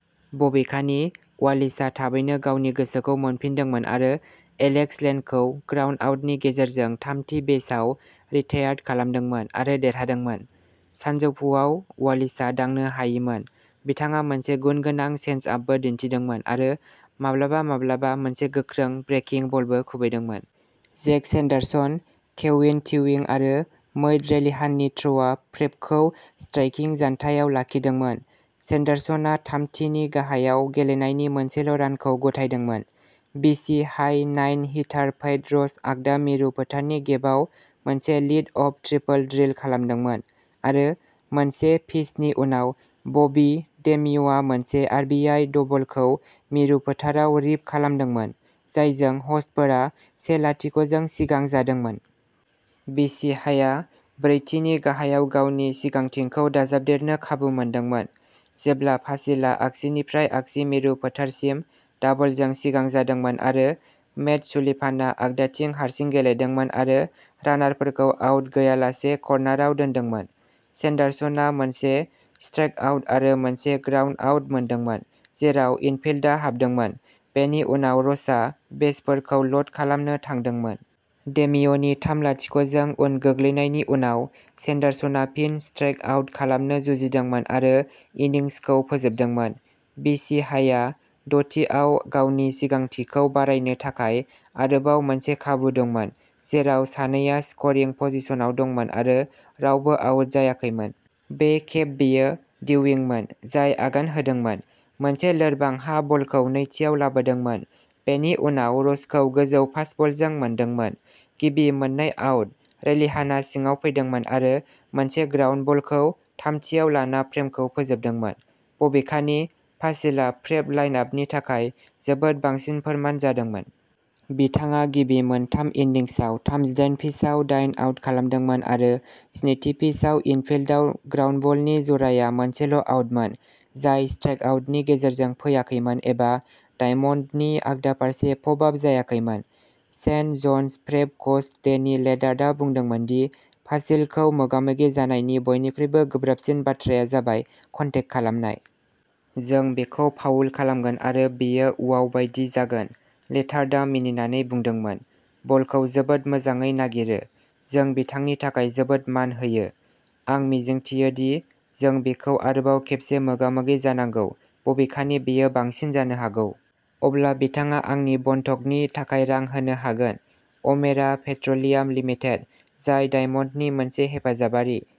बबेखानि, वासिलआ थाबैनो गावनि गोसोखौ मोनफिनदोंमोन आरो एलेक्स लेनखौ ग्राउन्डआउटनि गेजेरजों थामथि बेसआव रिटायर्ड खालामदोंमोन आरो देरहादोंमोन। सानजौफुआव वासिलआ दांनो हायिमोन। बिथाङा मोनसे गुनगोनां चेन्जआपबो दिन्थिदोंमोन, आरो माब्लाबा-माब्लाबा मोनसे गोख्रों ब्रेकिं बलबो खुबैदोंमोन। जेक सेन्डारसन, केविन डिउइं, आरो मैट रेलिहाननि थ्र'आ प्रेपखौ स्ट्राइकिं जानथायाव लाखिदोंमोन। सेन्डारसनआ थामथि नि गाहायाव गेलेनायनि मोनसेल' रानखौ गथायदोंमोन। BC high nine hitter Pat Roche आगदा मिरु फोथारनि गेपआव मोनसे लिडअफ ट्रिपल ड्रिल खालामदोंमोन, आरो मोनसे पिचनि उनाव बबी डेमिय'आ मोनसे आर बि आइ डबलखौ मिरु फोथाराव रिप खालामदोंमोन, जायजों ह'स्टफोरा से-लाथिख' जों सिगां जादोंमोन। बि सि हाइआ ब्रैथि नि गाहायाव गावनि सिगांथिखौ दाजाबदेरनो खाबु मोनदोंमोन, जेब्ला भासिलआ आगसिनिफ्राय आगसि मिरु फोथारसिम दाबलजों सिगां जादोंमोन आरो मेट सुलिभानआ आगदाथिं हारसिं गेलेदोंमोन आरो रानारफोरखौ आउट गैयालासे कर्नारआव दोनदोंमोन। सेन्डारसनआ मोनसे स्ट्राइकआउट आरो मोनसे ग्राउन्डआउट मोनदोंमोन, जेराव इनफिल्डआ हाबदोंमोन, बेनि उनाव र'चआ बेसफोरखौ ल'ड खालामनो थांदोंमोन। डेमिय'नि थाम-लाथिख' जों उन गोग्लैनायनि उनाव, सेन्डारसनआ फिन स्ट्राइक आउट खालामनो जुजिदोंमोन आरो इनिंसखौ फोजोबदोंमोन। बि सि हाइआ द'थि आव गावनि सिगांथिखौ बारायनो थाखाय आरोबाव मोनसे खाबु दंमोन, जेराव सानैआ स्करिं पजिशनाव दंमोन आरो रावबो आउट जायाखैमोन। बे खेब बेयो डिउइंमोन जाय आगान होदोंमोन, मोनसे लोरबां हा बलखौ नैथिआव लाबोदोंमोन, बेनि उनाव रचखौ गोजौ फास्टबलजों मोनदोंमोन। गिबि मोननै आउट। रेलिहानआ सिङाव फैदोंमोन आरो मोनसे ग्राउन्डबलखौ थामथिआव लाना फ्रेमखौ फोजोबदोंमोन। बबेखानि, भासिलआ प्रेप लाइनआपनि थाखाय जोबोद बांसिन फोरमान जादोंमोन। बिथाङा गिबि मोनथाम इन्निंसआव थामजिदायन पिचआव दाइन आउट खालामदोंमोन आरो स्निथि पिचआव इनफिल्डआव ग्राउन्डबलनि जराया मोनसेल'आउटमोन जाय स्ट्राइकआउटनि गेजेरजों फैयाखैमोन एबा डायमन्डनि आगदा फारसे पप आप जायाखैमोन। Saint John's Prep coach Danny लेटार्टआ बुंदोंमोन दि भासिलखौ मोगा-मोगि जानायनि बयनिख्रुइबो गोब्राबसिन बाथ्राया जाबाय कन्टेक खालामनाय। जों बेखौ फाउल खालामगोन आरो बेयो वाव बायदि जागोन। लेटार्टआ मिनिनानै बुंदोंमोन। बलखौ जोबोद मोजाङै नागिरो। जों बिथांनि थाखाय जोबोद मान होयो। आं मिजिंथियोदि जों बिखौ आरोबाव खेबसे मोगा-मोगि जानांगौ बबेखानि बेयो बांसिन जानो हागौ। अब्ला बिथाङा आंनि बन्धकनि थाखाय रां होनो हागोन। अमेरा पेट्र'लियाम लिमिटेड, जाय डायमन्डनि मोनसे हेफाजाबारि।